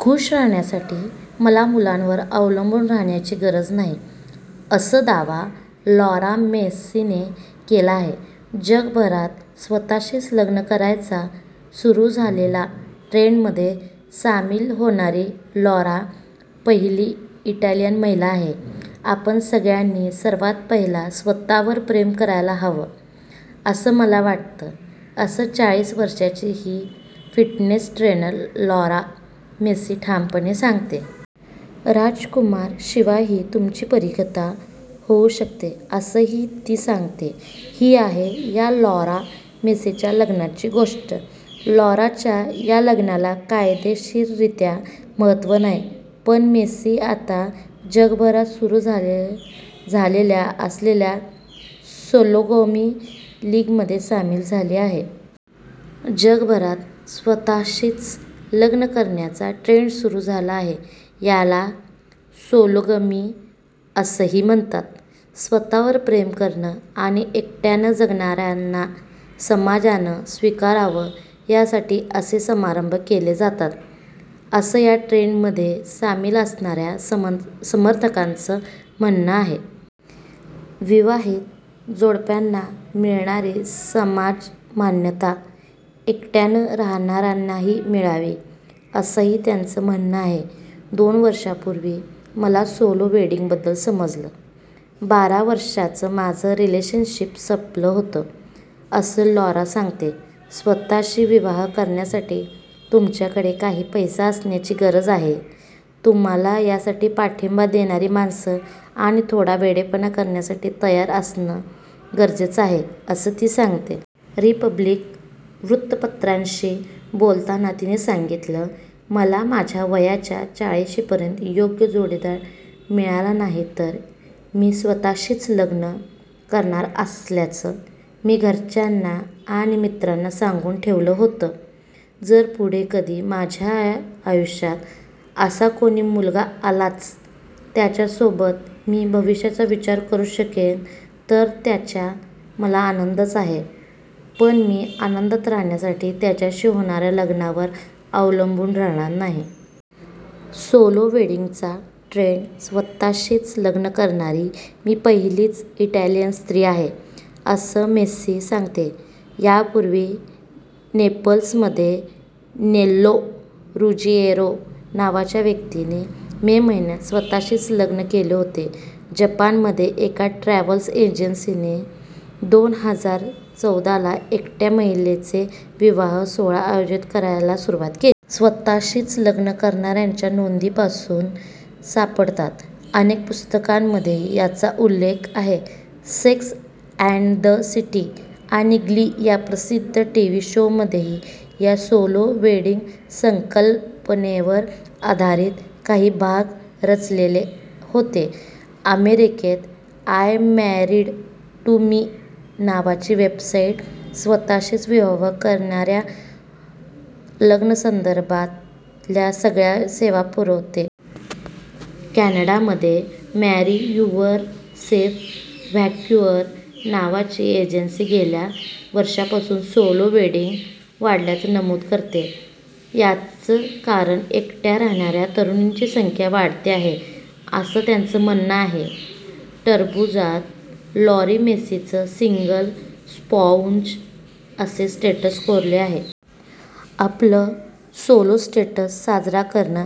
खूश राहण्यासाठी मला मुलावर अवलंबून राहण्याची गरज नाही, असं दावा लॉरा मेसीने केला आहे. जगभरात स्वत:शीच लग्न करायचा सुरू झालेला ट्रेंडमध्ये सामील होणारी लॉरा पहिली इटालीय महिला आहे. आपण सगळ्यांनी सर्वांत पहिलं स्वत:वर प्रेम करायला हवं, असं मला वाटतं, असं चाळीस वर्षांची ही फिटनेट ट्रेनर लॉरा मेसी ठामपणे सांगते. राजकुमारशिवायही तुमची परीकथा होऊ शकते, असंही ती सांगते. ही आहे या लॉरा मेसीच्या लग्नाची गोष्ट. लॉराच्या या लग्नाला कायदेशीररित्या महत्त्व नाही. पण मेसी आता जगभरात सुरू झालेल्या असलेल्या सोलोगमी लीगमध्ये सामील झाली आहे. जगभरात स्वत:शीच लग्न करण्याचा ट्रेंड सुरू झाला आहे. याला सोलोगमी असंही म्हणतात. स्वतःवर प्रेम करणं आणि एकट्यानं जगणाऱ्यांना समाजानं स्वीकारावं यासाठी असे समारंभ केले जातात, असं या ट्रेंडमध्ये सामील असणाऱ्या समर्थकांचं म्हणणं आहे. विवाहित जोडप्यांना मिळणारी समाजमान्यता एकट्यानं राहणाऱ्यांनाही मिळावी, असंही त्यांचं म्हणणं आहे. दोन वर्षांपूर्वी मला सोलो वेडिंगबद्दल समजलं. बारा वर्षांचं माझं रिलेशनशिप संपलं होतं, असं लॉरा सांगते. स्वत:शी विवाह करण्यासाठी, तुमच्याकडे काही पैसे असण्याची गरज आहे, तुम्हाला यासाठी पाठिंबा देणारी माणसं आणि थोडा वेडेपणा करण्याची तयारी असणं गरजेचं आहे, असं ती सांगते. रिपब्लिक वृत्तपत्राशी बोलताना तिनं सांगितलं, मला माझ्या वयाच्या चाळिशीपर्यंत योग्य जोडीदार मिळाला नाही तर मी स्वतःशीच लग्न करणार असल्याचं मी घरच्यांना आणि मित्रांना सांगून ठेवलं होतं. जर पुढे कधी माझ्या आयुष्यात असा कोणी मुलगा आलाच ज्याच्यासोबत मी भविष्याचा विचार करू शकेन, तर त्याचा मला आनंदच आहे, पण मी आनंदी राहण्यासाठी त्याच्याशी होणाऱ्या लग्नावर अवलंबून राहणार नाही. सोलो वेडिंगचा ट्रेंड स्वत:शीच लग्न करणारी मी पहिलीच इटालियन स्त्री आहे, असं मेसी सांगते. यापूर्वी नेपल्समध्ये नेल्लो रुजिएरो नावाच्या व्यक्तीने मे महिन्यात स्वत:शीच लग्न केलं होतं. जपानमध्ये, एका ट्रॅव्हल एजन्सीने दोन हजार चौदाला एकट्या महिलांचे विवाह सोहळे आयोजित करायला सुरुवात केली. स्वतःशीच लग्न करणाऱ्यांच्या नोंदी पासून सापडतात. अनेक पुस्तकांमध्येही याचा उल्लेख आहे. सेक्स अँड द सिटी आणि ग्ली या प्रसिद्ध टीव्ही शोमध्येही या सोलो वेडिंग संकल्पनेवर आधारित काही भाग रचलेले होते. अमेरिकेत, आय मॅरीड टू मी नावाची वेबसाईट स्वत:शीच विवाह करणाऱ्यांना लग्नासंदर्भातल्या सगळ्या सेवा पुरवते. कॅनडामध्ये मॅरी युव्हरसेफ व्हँकुव्हर नावाची एजन्सी गेल्या वर्षापासून सोलो वेडिंग वाढल्याचं नमूद करते. याचं कारण एकट्या राहणाऱ्या तरुणांची संख्या वाढते आहे, असं त्यांचं म्हणणं आहे. टरबूजात लॉरा मेसीचं सिंगल स्पॉउज असं स्टेटस कोरलं आहे. आपलं सोलो स्टेटस साजरं करा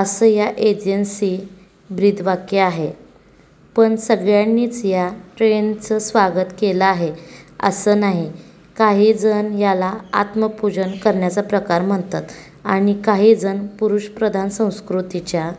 असं या एजन्सी ब्रीदवाक्य आहे. पण सगळ्यांनीच या ट्रेंडचं स्वागत केलं आहे, असं नाही. काही जणं याला आत्मपूजन करण्याचा प्रकार म्हणतात आणि काही जण पुरुषप्रधान संस्कृतीच्या